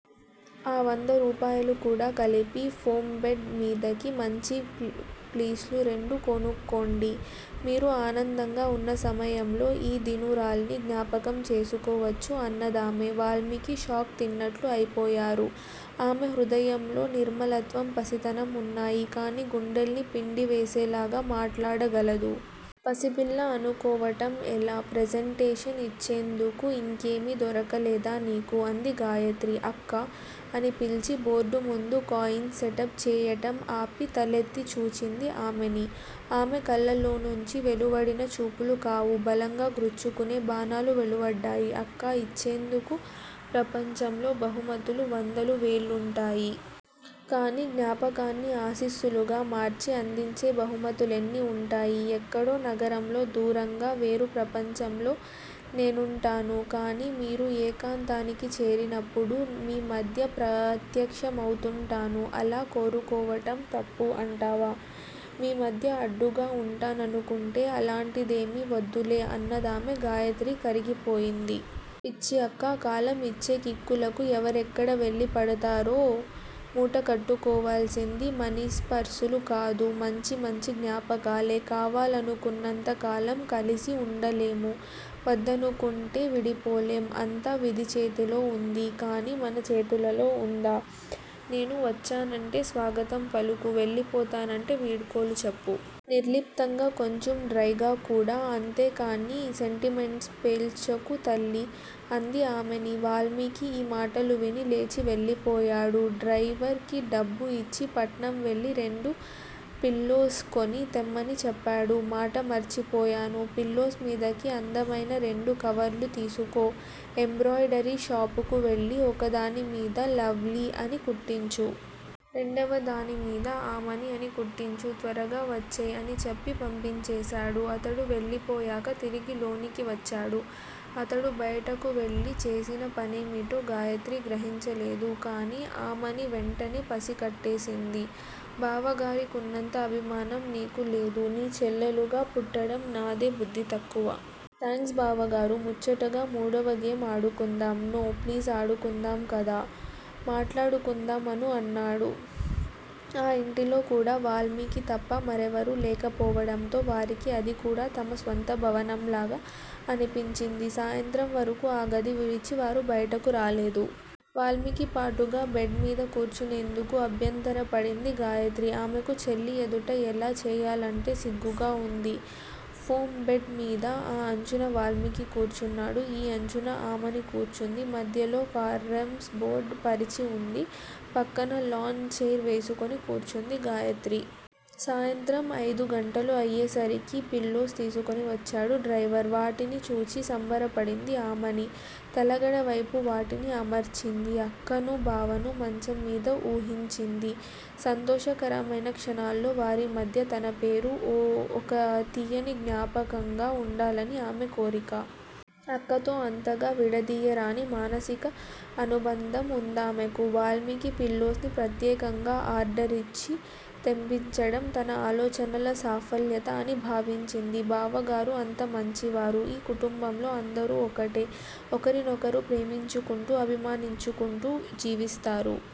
ఆ వంద రూపాయలు కూడ కలిపి ఫోం బెడ్ మీదికి మంచి పిల్లోస్ రెండు కొనుక్కోండి. మీరు ఆనందంగా ఉన్న సమయంలో ఈ దీనురాల్ని జ్ఞాపకం చేసుకోవచ్చు అన్నదామె. వాల్మీకి షాక్ తిన్నట్లుగా అయిపోయారు. ఆమె హృదయంలో నిర్మలత్వం పసితనం ఉన్నాయి. కాని గుండెల్ని పిండివేసేలాగ మాటాడగలదు. పసిపిల్ల అనుకోవటం ఎలా? ప్రజంటేషన్ యిచ్చేందుకు యింకేమీ దొరకలేదా నీకు? అంది గాయత్రి. అక్కా! అని పిలిచి బోర్డుముందు కాయిన్స్ సెటప్ చేయటం ఆపి తలఎత్తి చూచింది ఆమని. ఆమె కళ్ళలోంచి వెలువడుతున్నవి చూపులు కావు. బలంగా గ్రుచ్చుకునే బాణాలు వెలువడ్డాయి. అక్కా! ఇచ్చేందుకు ప్రపంచంలో బహుమతులు వందలు వేలుంటాయి. కాని జ్ఞాపకాన్ని ఆశీస్సులుగా మార్చి అందించే బహుమతులెన్ని ఉంటాయి. ఎక్కడో నగరంలో దూరంగా వేరు ప్రపంచంలో నేనుంటాను. కాని మీరు ఏకాంతానికి చేరినప్పుడు మీ మధ్య ప్రత్యక్షమవుతుంటాను. అలా కోరుకోవటం తప్పు అంటావా? మీ మధ్య అడ్డుగా ఉంటాననుకుంటే అలాంటిదేమీ వద్దులే అన్నదామె. గాయత్రి కరిగిపోయింది. పిచ్చి అక్కా! కాలం యిచ్చే కిక్కులకు ఎవరెక్కడ వెళ్ళిపడతారో మూట కట్టుకోవల్సింది మనీపర్సులు కాదు. మంచి మంచి జ్ఞాపకాలే! కావాలనుకున్నంత కాలం కలిసి ఉండలేము. వద్దనుకుంటే విడిపోలేం! అంతా విధి చేతిలో ఉంది కాని మన చేతులలో ఉందా? నేను వచ్చానంటే స్వాగతం పలుకు. వెళ్ళిపోతానంటే వీడ్కోలు చెప్పు. నిర్లిప్తంగా! కొంచెం డ్రైగా కూడా! అంతేకాని సెంటిమెంట్స్ ప్రేల్చకు తల్లీ! అంది ఆమని. వాల్మీకి ఈ మాటలు విని లేచి వెళ్ళిపోయాడు. డ్రయివర్ కి డబ్బు యిచ్చి పట్నం వెళ్ళి రెండు పిల్లోస్ కొని తెమ్మని చెప్పాడు. మాట మర్చిపోయాను! పిల్లోస్ మీదికి అందమయిన రెండు కవర్లు తీసుకో, ఎంబ్రాయిడరీ షాపుకు వెళ్ళి, ఒకదాని మీద లవ్లీ అని కుట్టించు. రెండవదాని మీద ఆమని అని కుట్టించు! త్వరగా వచ్చెయ్ అని చెప్పి పంపించేశాడు. అతడు వెళ్ళిపోయాక తిరిగి లోనికి వచ్చాడు. అతడు బయటకు వెళ్ళి చేసిన పనేమిటో గాయత్రి గ్రహించలేదు. కాని ఆమని వెంటనే పసికట్టేసింది. బావగారికున్నంత అభిమానం నీకు లేదు. నీ చెల్లెలుగా పుట్టడం నాదే బుద్ధి తక్కువ. థాంక్స్ బావగారు! ముచ్చటగా మూడవ గేమ్ ఆడుకుందాం. నో ప్లీజ్ ఆడుకుందాం కాదు. మాటాడుకుందాం అను అన్నాడు. ఆ ఇంటిలో కూడ వాల్మీకి తప్ప మరెవరూ లేకపోవటంతో వారికి అది కూడ తమ స్వంత భవనంలాగా అనిపించింది. సాయంత్రం వరకూ ఆ గది విడిచి వారు బయటకు రాలేదు. వాల్మీకితో పాటుగా బెడ్ మీద కూర్చునేందుకు అభ్యంతరపడింది గాయత్రి! ఆమెకు చెల్లి ఎదుట అలా చేయాలంటే సిగ్గుగా ఉంది. ఫోం బెడ్ మీద ఆ అంచున వాల్మీకి కూర్చున్నాడు. ఈ అంచున ఆమని కూర్చుంది, మధ్యలో కారమ్స్ బోర్డు పరచి ఉంది. ప్రక్కనే లాన్ చెయిర్ వేసుకుని కూర్చుంది గాయత్రి. సాయంత్రం అయిదు గంటలు అయ్యేసరికి పిల్లోస్ తీసుకుని వచ్చాడు డ్రయివర్. వాటిని చూచి సంబర పడింది ఆమని. తలగడ వైపు వాటిని అమర్చింది. అక్కను, బావను మంచం మీద ఊహించింది. సంతోషకరమయిన క్షణాల్లో వారి మధ్య తన పేరు ఒక తీయని జ్ఞాపకంగా వుండాలని ఆమె కోరిక. అక్కతో అంతగా విడదీయరాని మానసిక అనుబంధం వుందామెకు. వాల్మీకి పిల్లోస్ ని ప్రత్యేకంగా ఆర్డరిచ్చి తెప్పించటం తన ఆలోచనల సాఫల్యత అని భావించింది. బావగారు అంత మంచివారు. ఈ కుటుంబంలో అందరూ ఒకటే. ఒకరినొకరు ప్రేమించుకుంటూ అభిమానించుకుంటూ జీవిస్తారు.